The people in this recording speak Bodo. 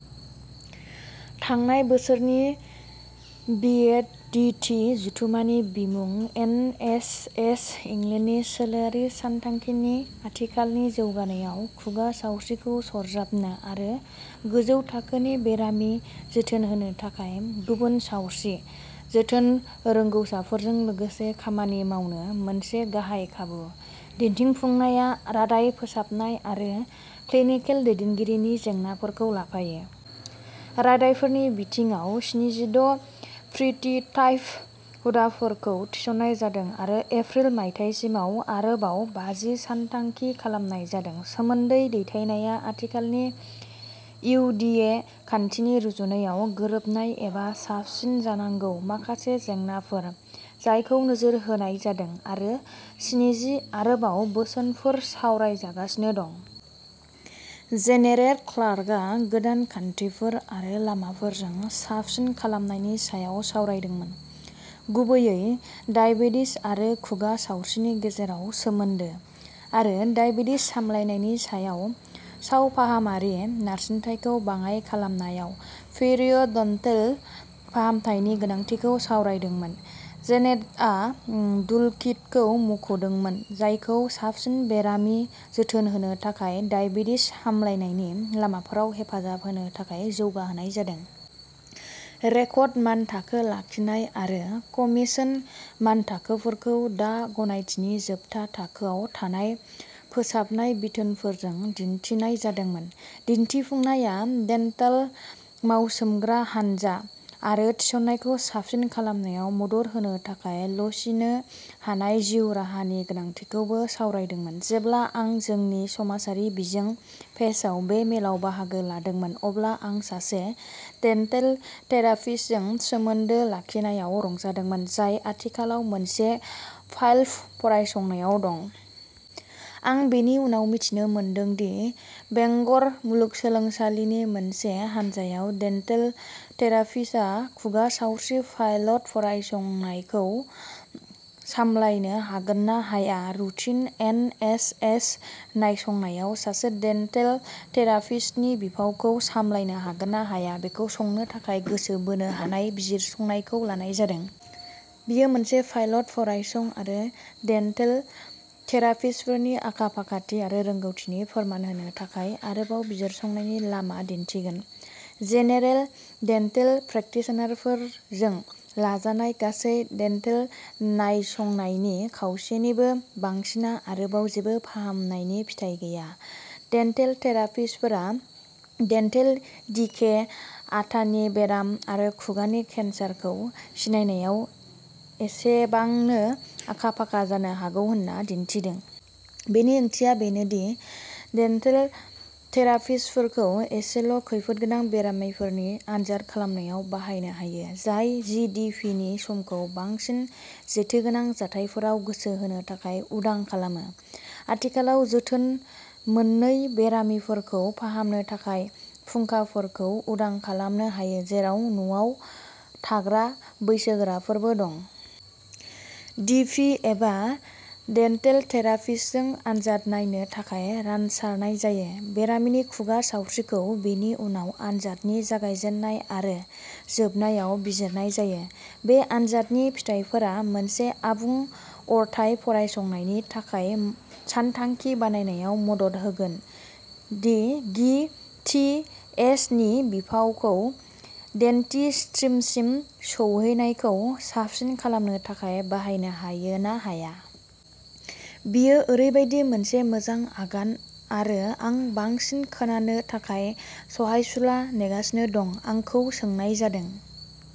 थांनाय बोसोरनि बिएडिटि जथुम्मानि बिमुं एनएइचएस इंलेन्डनि सोलोआरि सानथांखिनि आथिखालनि जौगानायआ खुगा सावस्रिखौ सरजाबनो आरो गोजौ थाखोनि बेरामि जोथोन होनो थाखाय गुबुन सावस्रि जोथोन रोंग' साफोरजों लोगोसे खामानि मावनो मोनसे गाहाय खाबु। दिन्थिफुंनाया रादाय फोसाबनाय आरो क्लिनिकेल दैदेनगिरिनि जेंनाफोरखौ लाफायो। रादायफोरनि बिथिङाव, स्निजिद' प्रिटिटाइप हुदाफोरखौ थिसननाय जादों आरो एप्रिल मायथाइसिमाव आरोबाव बाजि सानथांखि खालामनाय जादों। सोमोन्दो दैथायनाया आथिखालनि इउडिए खान्थिनि रुजुनायाव गोरोबनाय एबा साबसिन जानांगौ माखासे जेंनाफोर, जायखौ नोजोर होनाय जादों, आरो स्निजि आरोबाव बोसोनफोर सावरायजागासिनो दं। जेनेरेल क्लार्कआ गोदान खान्थिफोर आरो लामाफोरजों साबसिन खालामनायनि सायाव सावरायदोंमोन, गुबैयै दाइबेटिस आरो खुगा सावस्रिनि गेजेराव सोमोन्दो, आरो दाइबेटिस सामलायनायनि सायाव सावफाहामारि नारसिनथायखौ बाङाइ खालामनायाव पेरिय'डन्टेल फाहामथायनि गोनांथिखौ सावरायदोंमोन। जेनेटआ टुलकिटखौ मुंख'दोंमोन, जायखौ साबसिन बेरामि जोथोन होनो थाखाय दाइबेटिस सामलायनायनि लामाफोराव हेफाजाब होनो थाखाय जौगाहोनाय जादों। रेकर्ड मानथाखो लाखिनाय आरो कमीशन मानथाखोफोरखौ दा गनायथिनि जोबथा थाखोआव थानाय फोसाबनाय बिथोनफोरजों दिन्थिनाय जादोंमोन। दिन्थिफुंनाया डेन्टेल मावसोमग्रा हानजा आरो थिसननायखौ साबसिन खालामनायाव मदद होनो थाखाय लचिनो हानाय जिउ राहानि गोनांथिखौबो सावरायदोंमोन। जेब्ला आं जोंनि समाजारि बिजों पेजआव बे मेलाव बाहागो लादोंमोन, अब्ला आं सासे डेन्टेल थेरापिस्टजों सोमोन्दो लाखिनायाव रंजादोंमोन, जाय आथिखालाव मोनसे फाइल फरायसंनायाव दं। आं बेनि उनाव मिथिनो मोनदों दि बेंगर मुलुगसोलोंसालिनि मोनसे हानजाया डेन्टेल थेरापिस्टआ खुगा सावस्रि पाइलट फरायसंनायखौ सामलायनो हागोन ना हाया, रुटिन एन एच एस नायसंनायाव सासे डेन्टेल थेरापिस्टनि बिफावखौ सामलायनो हागोन ना हाया, बेखौ संनो थाखाय गोसो बोनो हानाय बिजिरसंनायखौ लानाय जादों। बेयो मोनसे पाइलट फरायसं आरो डेन्टेल थेरापिस्टफोरनि आखा-फाखाथि आरो रोंग'थिनि फोरमान होनो थाखाय आरोबाव बिजिरसंनायनि लामा दिन्थिगोन। जेनेरेल डेन्टेल प्रेकटिशनारफोर जों लाजानाय गासै डेन्टेल नायसंनायनि खावसेनिबो बांसिनआ आरोबाव जेबो फाहामनायनि फिथाय गैया। डेन्टेल थेरापिस्टफोरा डेन्टेल डिके, आथानि बेराम आरो खुगानि केन्सारखौ सिनायनायाव एसेबांनो आखा-फाखा जानो हागौ होनना दिन्थिदों। बेनि ओंथिया बेनो दि डेन्टेल थेरापिस्टफोरखौ एसेल' खैफोदगोनां बेरामिफोरनि आनजाद खालामनायाव बाहायनो हायो, जाय जि डि पि नि समखौ बांसिन जेथोगोनां जाथायफोराव गोसो होनो थाखाय उदां खालामो। आथिखालाव जोथोन मोननै बेरामिफोरखौ फाहामनो थाखाय फुंखाफोरखौ उदां खालामनो हायो, जेराव न'आव थाग्रा बैसोगोराफोरबो दं। डि पि एबा डेन्टेल थेरापिस्टजों आनजाद नायनो थाखाय रानसारनाय जायो, बेरामिनि खुगा सावस्रिखौ बेनि उनाव आनजादनि जागायजेन्नाय आरो जोबनायाव बिजिरनाय जायो। बे आनजादनि फिथायफोरा मोनसे आबुं अरथाय फरायसंनायनि थाखाय सानथांखि बानायनायाव मदद होगोन दि गि थि एस नि बिफावखौ डेन्टिस्ट्रीसिम सौहैनायखौ साबसिन खालामनो थाखाय बाहायनो हायो ना हाया। बेयो ओरैबायदि मोनसे मोजां आगान आरो आं बांसिन खोनानो थाखाय सहायसुला नेगासिनो दं। आंखौ सोंनाय जादों।